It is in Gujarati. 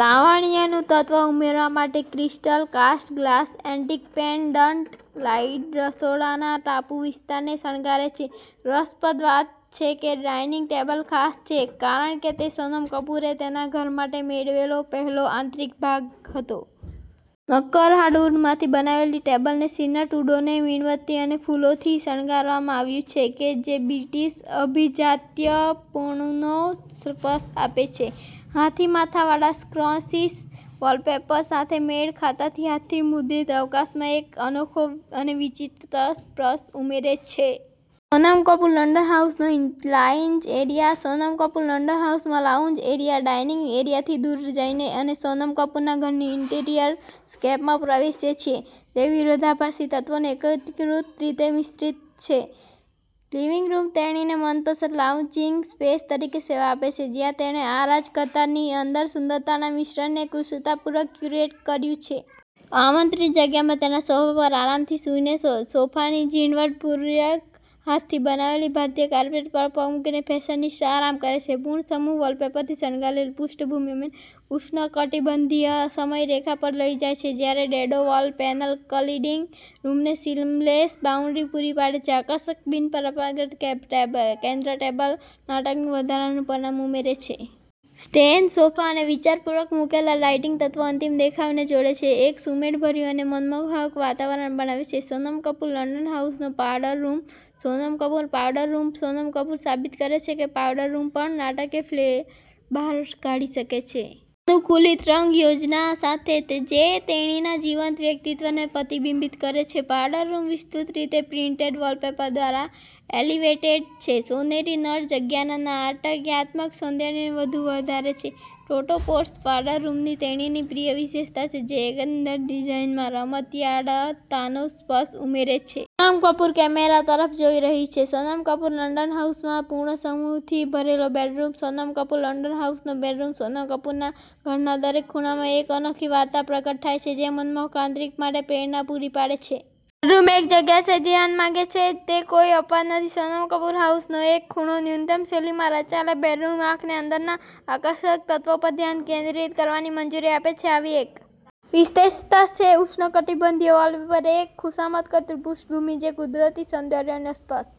લાવણ્યનું તત્વ ઉમેરવા માટે, crystal cast glass antique pendant light રસોડાના ટાપુ વિસ્તારને શણગારે છે. રસપ્રદ વાત છે કે, ડાઇનિંગ ટેબલ ખાસ છે કારણ કે તે સોનમ કપૂરે તેના ઘર માટે મેળવેલો પહેલો આંતરિક ભાગ હતો. નક્કર હાર્ડવુડમાંથી બનાવેલ, ટેબલને સિર ટ્રુડોન મીણબત્તી અને ફૂલોથી શણગારવામાં આવ્યું છે, જે બ્રિટિશ અભિજાત્યપણુનો સ્પર્શ આપે છે. હાથી-માથાવાળા સ્કોન્સીસ, વૉલપેપર સાથે મેળ ખાતા હાથથી મુદ્રિત, અવકાશમાં એક અનોખો અને વિચિત્ર સ્પર્શ ઉમેરે છે. સોનમ કપૂર લંડન હાઉસનો lounge area Sonam Kapoor London હાઉસમાં લાઉન્જ એરિયા ડાઇનિંગ એરિયાથી દૂર જઈને, અમે સોનમ કપૂરના ઘરના ઈન્ટિરિયર સ્કેપમાં પ્રવેશીએ છીએ જે વિરોધાભાસી તત્વોને એકીકૃત રીતે મિશ્રિત કરે છે. લિવિંગ રૂમ તેણીની મનપસંદ લાઉન્જિંગ સ્પેસ તરીકે સેવા આપે છે, જ્યાં તેણે અરાજકતાની અંદર સુંદરતાના મિશ્રણને કુશળતાપૂર્વક ક્યુરેટ કર્યું છે. આમંત્રિત જગ્યામાં તેના સોફા પર આરામથી સૂઈને, શ્રોફની ઝીણવટપૂર્વક હાથથી બનાવેલી ભારતીય કાર્પેટ પર પગ મૂકીને ફેશનિસ્ટા આરામ કરે છે. પર્ણસમૂહ વૉલપેપરથી શણગારેલું પૃષ્ઠભૂમિ, અમને ઉષ્ણકટિબંધીય સમયરેખા પર લઈ જાય છે. જ્યારે ડેડો વોલ પેનલ ક્લેડીંગ રૂમને સીમલેસ બાઉન્ડ્રી પૂરી પાડે છે આકર્ષક, બિનપરંપરાગત કેન્દ્ર ટેબલ નાટકનું વધારાનું પરિમાણ ઉમેરે છે. સ્ટેન સોફા અને વિચારપૂર્વક મૂકેલા લાઇટિંગ તત્વો અંતિમ દેખાવને જોડે છે, એક સુમેળભર્યું અને મનમોહક વાતાવરણ બનાવે છે. સોનમ કપૂર લંડન હાઉસનો powder room Sonam Kapoor powder room Sonam Kapoor સાબિત કરે છે કે પાઉડર રૂમ પણ નાટકીય ફ્લેર બહાર કાઢી શકે છે. અનુકૂલિત રંગ યોજના સાથે જે તેણીના જીવંત વ્યક્તિત્વને પ્રતિબિંબિત કરે છે, પાવડર રૂમ વિસ્તૃત રીતે પ્રિન્ટેડ વૉલપેપર દ્વારા એલિવેટેડ છે. સોનેરી નળ જગ્યાના નાટ્યાત્મક સૌંદર્યને વધુ વધારે છે. ટોટો પોટ્સ પાવડર રૂમની તેણીની પ્રિય વિશેષતા છે, જે એકંદર ડિઝાઇનમાં રમતિયાળતાનો સ્પર્શ ઉમેરે છે. સોનમ કપૂર કેમેરા તરફ જોઈ રહી છે સોનમ કપૂર લંડન હાઉસમાં પર્ણસમૂહથી ભરેલો બેડરૂમ સોનમ કપૂર લંડન હાઉસનો બેડરૂમ સોનમ કપૂરના ઘરના દરેક ખૂણામાં, એક અનોખી વાર્તા પ્રગટ થાય છે, જે મનમોહક આંતરિક માટે પ્રેરણા પૂરી પાડે છે. બેડરૂમ, એક જગ્યા જે ધ્યાન માંગે છે, તે કોઈ અપવાદ નથી. સોનમ કપૂર હાઉસનો એક ખૂણો ન્યૂનતમ શૈલીમાં રચાયેલ, બેડરૂમ આંખને અંદરના આકર્ષક તત્વો પર ધ્યાન કેન્દ્રિત કરવાની મંજૂરી આપે છે. આવી એક વિશેષતા છે ઉષ્ણકટિબંધીય વૉલપેપર, એક ખુશામત કરતું પૃષ્ઠભૂમિ જે કુદરતી સૌંદર્યનો સ્પર્શ